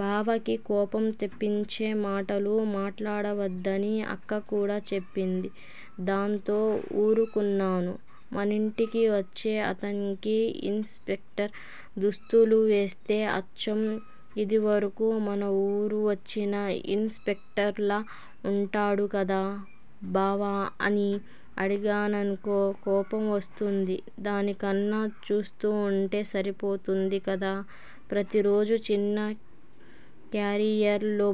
బావకి కోపం తెప్పించేమాటలు మాట్లాడవద్దని అక్క కూడా చెప్పింది. దాంతో వూరుకున్నాను. మనింటికి వచ్చే అతనికి ఇన్ స్పెక్టర్ దుస్తులువేస్తే అచ్చం ఇదివరకు మనవూరు వచ్చిన ఇన్ స్పెక్టర్ లా వుంటాడు కదా బావా! అని అడిగాననుకో కోపం వస్తుంది దానికన్నా చూస్తూవుంటే సరిపోతుందికదా! ప్రతిరోజు చిన్న క్యారియర్ లో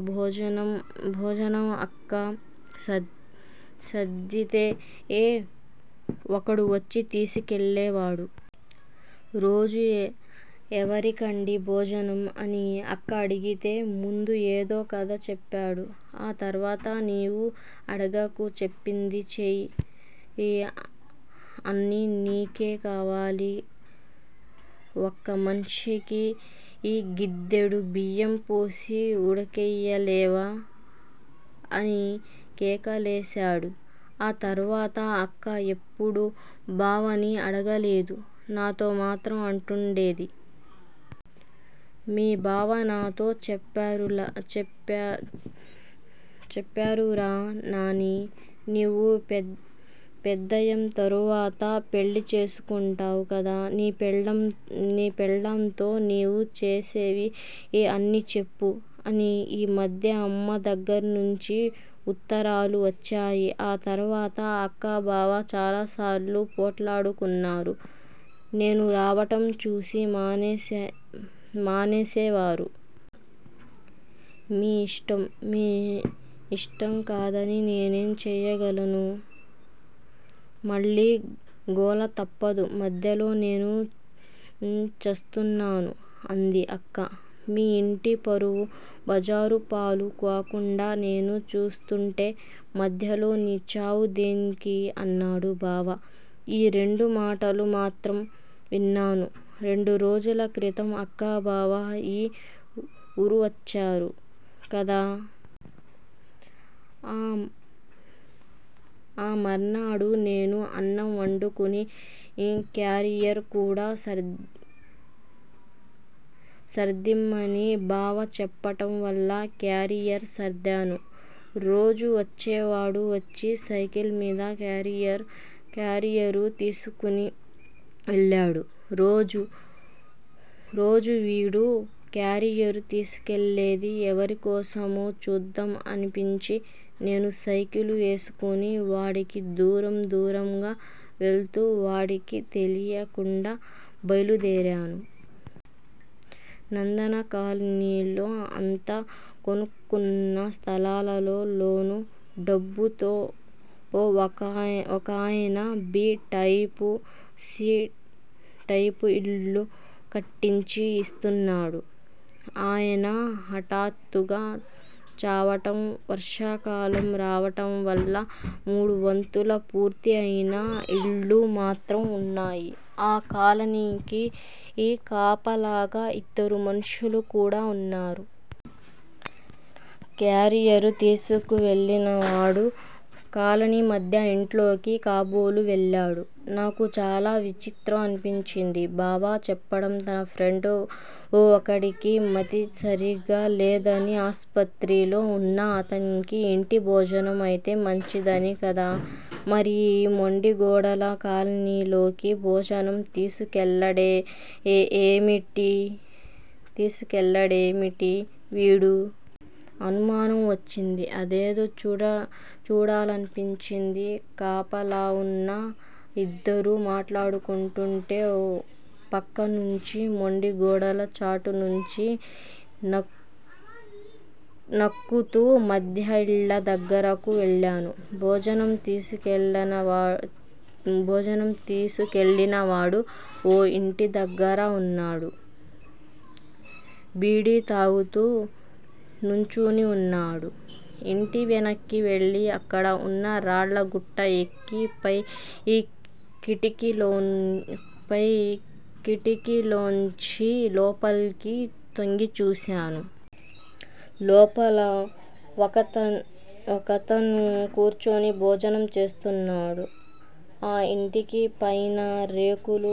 భోజనం అక్క సర్దితే వకడు వచ్చి తీసుకెళ్ళేవాడు. రోజూ ఎవరికండీ భోజనం! అని అక్క అడిగితే ముందు ఏదో కధ చెప్పాడు. ఆ తర్వాత నీవు అడగకు చెప్పింది చేయి అన్నీ నీకే కావాలి. వక్క మనిషికి గిద్దెడు బియ్యం పోసి వుడకెయ్యలేవా! అని కేకలేసాడు. ఆ తర్వాత అక్క ఎప్పుడూ బావని అడగలేదు నాతో మాత్రం అంటుండేది. మీ బావ నాతో చెప్పరురా నానీ! నీవు పెద్దయం తరువాత పెళ్ళి చేసుకుంటావు కదా, నీ పెళ్ళాంతో నీవు చేసేవి అన్నీ చెప్పు. అని. ఈ మధ్య అమ్మ దగ్గరనుంచి వుత్తరాలు వచ్చాయి. ఆ తర్వాత అక్క బావ చాలాసార్లు పోట్లాడుకున్నారు. నేను రావటం చూసి మానేసేవారు. మీ యిష్టం. మీ యిష్టంకాదని నేనేం చేయగలను. మళ్లీ గోల తప్పదు మధ్యలో నేను చస్తున్నాను. అంది అక్క. మీ ఇంటి పరువు బజారుపాలు కాకుండా నేను చూస్తుంటే మధ్యలో నీ చావు దేనికి! అన్నాడు బావ. ఈ రెండు మాటలు మాత్రం విన్నాను. రెండురోజుల క్రితం అక్కా బావ ఈ వూరువచ్చారు కదా. ఆ మర్నాడు నేను అన్నం వండుకుని క్యారియర్ కూడా సర్దియిమ్మని బావ చెప్పటంవల్ల క్యారియర్ సర్దాను. రోజూ వచ్చేవాడు వచ్చి సైకిల్ మీద క్యారియరు తీసుకుని వెళ్ళాడు. రోజూ వీడు క్యారియరు తీసుకువెళ్ళేది ఎవరికోసమో చూద్దాం అనిపించి నేను సైకిలు వేసుకుని వాడికి దూరం దూరంగ వెళుతూ వాడికి తెలియకుండా బైలుదేరాను. నందన కాలనీలో అంతా కొనుక్కున్న స్థలాలలో లోను డబ్బుతో వకాయన బి టైపు, సి టైపు ఇల్లు కట్టించి యిస్తున్నాడు. ఆయన హటాత్తుగా చావటం వర్షాకాలం, కావటం వల్ల మూడువంతుల పూర్తి అయిన ఇళ్ళు మాత్రం వున్నాయి. ఆ కాలనీకి కాపలాగా ఇద్దరు మనుషులు కూడా వున్నారు. క్యారియరు తీసుకువెళ్ళినవాడు కాలనీ మధ్య ఇంట్లోకి కాబోలు వెళ్లాడు. నాకు చాలా విచిత్రం అనిపించింది. బావ చెప్పడం తన ఫ్రెండ్ వకడికి మతి సరీగ లేదని ఆస్పత్రిలో వున్న అతనికి ఇంటి భోజనం అయితే మంచిదని కదా! మరి ఈ మొండిగోడల కాలనీలోకి భోజనం తీసుకెళ్ళాడేమిటి వీడు! అనుమానం వచ్చింది. అదేదో చూడాలనిపించింది. కాపలావున్న యిద్దరు మాట్లాడుకుంటుంటే ఓ పక్క నుంచి మొండి గోడల చాటునుంచి నక్కుతూ మధ్య యిళ్ళ దగ్గరకు వెళ్లాను. భోజనం తీసుకెళ్ళినవాడు ఓ యింటిదగ్గర వున్నాడు. బీడీ తాగుతూ నుంచుని వున్నాడు. యింటి వెనక్కి వెళ్ళి అక్కడ వున్న రాళ్ళగుట్ట ఎక్కి పై కిటికీలోంచి లోపలికి తొంగి చూశాను. లోపల వకతను కూర్చుని భోజనం చేస్తున్నాడు. ఆ యింటికి పైన రేకులు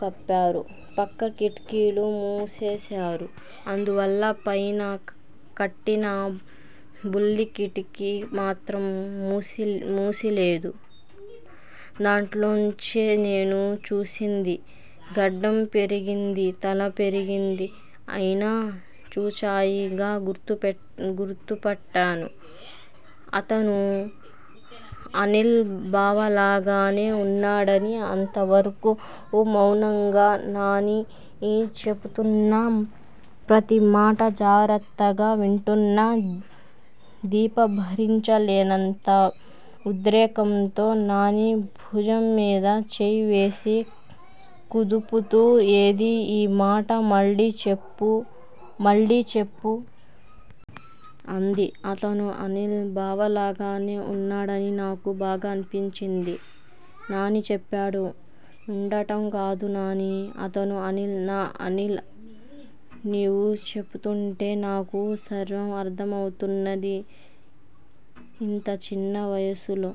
కప్పారు. పక్క కిటికీలు మూసేశారు. అందువల్ల పైన కట్టిన బుల్లి కిటికీ మాత్రం మూసిలేదు. దాంట్లోంచే నేను చూసింది. గడ్డం పెరిగింది. తల పెరిగింది అయినా చూచాయిగ గుర్తుపట్టాను. అతను అనిల్ బావలాగానే వున్నాడని అంతవరకూ మౌనంగా నాని చెపుతున్న ప్రతిమాట జాగ్రత్తగ వింటున్న దీప భరించలేనంత ఉద్రేకంతో నాని భుజంమీద చేయివేసి కుదుపుతూ ఏదీ ఈ మాట మళ్ళీ చెప్పు, మళ్ళీ చెప్పు. అంది. అతను అనిల్ బావలాగానే వున్నాడని నాకు బాగా అనిపించింది. నాని చెప్పాడు. ఉండటం కాదు నానీ! అతను అనిల్ నా అనిల్ నీవు చెపుతుంటే నాకు సర్వం అర్ధమవుతున్నది. ఇంత చిన్న వయసులో